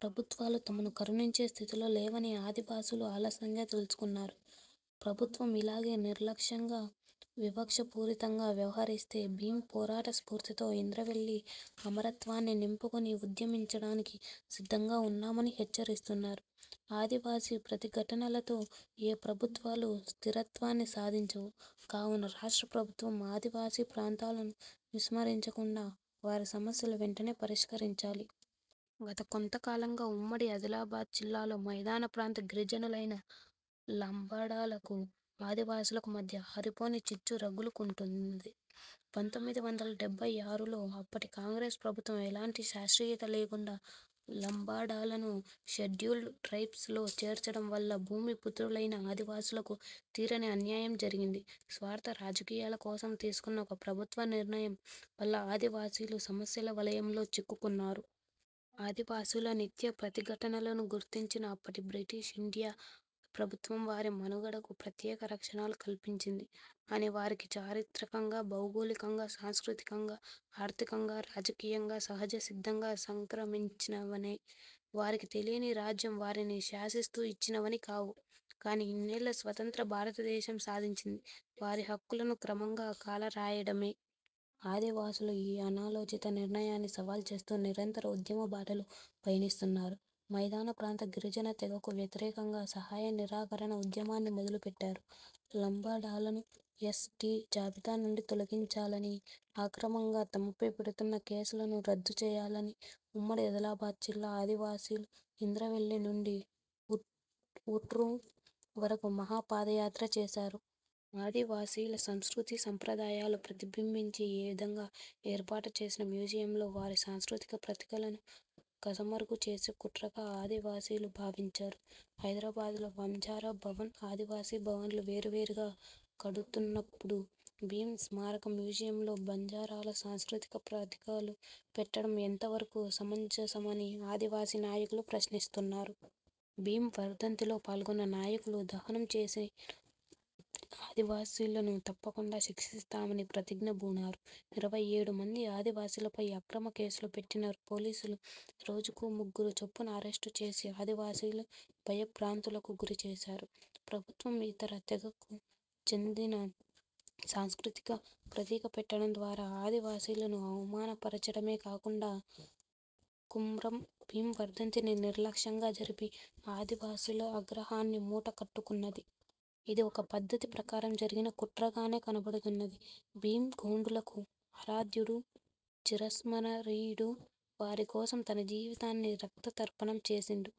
ప్రభుత్వాలు తమను కరుణించే స్థితిలో లేవని ఆదివాసులు ఆలస్యంగా తెలుసుకున్నారు. ప్రభుత్వం ఇలాగే నిర్లక్ష్యంగా, వివక్ష పూరితంగా వ్యవహరిస్తే, భీం పోరాట స్ఫూర్తితో ఇంద్రవెల్లి అమరత్వాన్ని నింపుకొని ఉద్యమించడానికి సిద్ధంగా ఉన్నామని హెచ్చరిస్తున్నారు. ఆదివాసీ ప్రతిఘటనలతో ఏ ప్రభుత్వాలు స్థిరత్వాన్ని సాధించవు. కావున రాష్ట్ర ప్రభుత్వం ఆదివాసీ ప్రాంతాలను విస్మరించకుండా వారి సమస్యలు వెంటనే పరిష్కరించాలి. గత కొంత కాలంగా ఉమ్మడి ఆదిలాబాద్ జిల్లాలో మైదాన ప్రాంత గిరిజనులైన లంబాడాలకు ఆదివాసులకు మధ్య ఆరిపోని చిచ్చు రగులుకుంటున్నది. పంతొమ్మిది వందల డెబ్బై ఆరులో అప్పటి కాంగ్రెస్ ప్రభుత్వం ఎలాంటి శాస్త్రీయత లేకుండా లంబాడాలను షెడ్యూల్డ్ ట్రైబ్స్ లో చేర్చడం వల్ల భూమి పుత్రులైన ఆదివాసులకు తీరని అన్యాయం జరిగింది స్వార్థ రాజకీయాల కోసం తీసుకున్న ''ఒక ప్రభుత్వ నిర్ణయం'' వల్ల ఆదివాసులు సమస్యల వలయంలో చిక్కుకున్నారు. ఆదిపాసుల నిత్య ప్రతిఘటనలను గుర్తించిన అప్పటి బ్రిటిష్ ఇండియా ప్రభుత్వం వారి మనుగడకు ప్రత్యేక రక్షణలు కల్పించింది. అవి వారికి చారిత్రకంగా, భౌగోళికంగా, సాంస్కృతికంగా, ఆర్థికంగా, రాజకీయంగా సహజ సిద్ధంగా సంక్రమించినవే. వారికి తెలియని రాజ్యం వారిని శాసిస్తూ ఇచ్చినవి కావు. కాని ఇన్నేళ్ల స్వతంత్ర భారతదేశం సాధించింది వారి హక్కులను క్రమంగా కాలరాయడమే. ఆదివాసులు ఈ అనాలోచిత నిర్ణయాన్ని సవాల్ చేస్తూ నిరంతర ఉద్యమ బాటలో పయనిస్తున్నారు. మైదాన ప్రాంత గిరిజన తెగకు వ్యతిరేకంగా 'సహాయ నిరాకరణ ఉద్యమాన్ని' మొదలుపెట్టారు. 'లంబాడాలను యస్. టి జాబితా నుండి తొలగించాలని', అక్రమంగా తమపై పెడుతున్న కేసులను రద్దు చేయాలని ఉమ్మడి ఆదిలాబాద్ జిల్లా ఆదివాసులు ఇంద్రవెల్లి నుండి ఊట్నూర్ వరకు 'మహా పాదయాత్ర' చేశారు. ఆదివాసుల సంస్కృతీ సంప్రదాయాలు ప్రతిబింబించే విధంగా ఏర్పాటు చేసిన మ్యూజియంలో వారి సాంస్కృతిక ప్రతీకలను కనుమరుగు చేసే కుట్రగా ఆదివాసులు భావించారు. ''హైదరాబాదులో 'బంజార భవన్', 'ఆదివాసి భవన్'లు వేరు వేరుగా కడుతున్నపుడు భీం స్మారక మ్యూజియంలో బంజారాల సాంస్కృతిక ప్రతీకలు పెట్టడం ఎంతవరకు సమంజసమని'' ఆదివాసీ నాయకులు ప్రశ్నిస్తున్నారు. భీం వర్ధంతిలో పాల్గొన్న నాయకులు దహనం చేసి ఆదివాసులను తప్పకుండా శిక్షిస్తామని ప్రతిజ్ఞ బూనారు. ఇరవై ఏడు మంది ఆదివాసులపై అక్రమ కేసులు పెట్టిన పోలీసులు రోజుకు ముగ్గురు చొప్పున అరెస్టు చేసి ఆదివాసులను భయ భ్రాంతులకు గురిచేశారు. ప్రభుత్వం ఇతర తెగకు చెందిన సాంస్కృతిక ప్రతీక పెట్టడం ద్వారా ఆదివాసులను అవమాన పర్చడమే కాకుండా కుమ్రం భీం వర్ధంతిని నిర్లక్ష్యంగా జరిపి, ఆదివాసుల ఆగ్రహాన్ని మూటకట్టుకున్నది. ఇది ఒక పద్ధతి ప్రకారం జరిగిన కుట్రగానే కనపడుతున్నది. భీం గోండులకు ఆరాధ్యుడు, చిరస్మరణీయుడు. వారి కోసం తన జీవితాన్ని రక్త తర్పణం చేసిండు.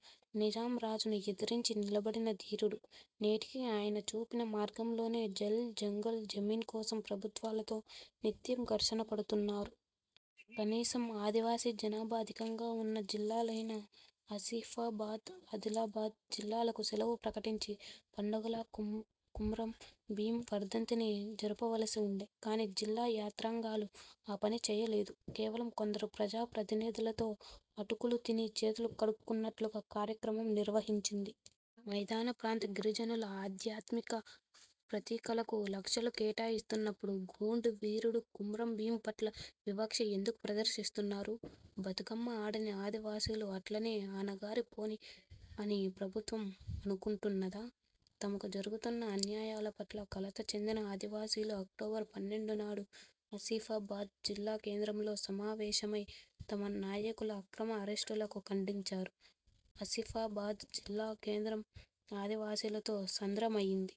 నిజాం రాజును ఎదిరించి నిలబడిన ధీరుడు. నేటికి ఆయన చూపిన మార్గంలోనే జల్, జంగల్, జమీన్ కోసం ప్రభుత్వాలతో నిత్యం ఘర్షణ పడుతున్నారు. కనీసం ఆదివాసీ జనాభా అధికంగా ఉన్న జిల్లాలైన ఆసిఫాబాద్, ఆదిలాబాద్ జిల్లాలకు సెలవు ప్రకటించి పండగలా కుమ్రం భీం వర్ధంతిని జరుపవలసి ఉండే. కాని, జిల్లా యాత్రాంగాలు ఆ పని చేయలేదు. కేవలం కొందరు ప్రజా ప్రతినిధులతో ''అటుకులు తిని చేతులు కడుక్కున్నట్లుగా'' కార్యక్రమం నిర్వహించింది. మైదాన ప్రాంత గిరిజనుల ఆధ్యాత్మిక ప్రతీకలకు లక్షలు కేటాయిస్తున్నపుడు గోండు వీరుడు కుమ్రం భీం పట్ల వివక్ష ఎందుకు ప్రదర్శిస్తున్నారు? బతుకమ్మ ఆడని ఆదివాసులు అట్లనే అణగారి పోనీ అని ప్రభుత్వం అనుకుంటున్నదా? తమకు జరుగుతున్న అన్యాయాల పట్ల కలత చెందిన ఆదివాసులు అక్టోబర్ పన్నెండు నాడు ఆసిఫాబాద్ జిల్లా కేంద్రంలో సమావేశమై తమ నాయకుల అక్రమ అరెస్టులకు ఖండించారు ఆసిఫాబాద్ జిల్లా కేంద్రం ఆదివాసులతో సంద్రమైంది.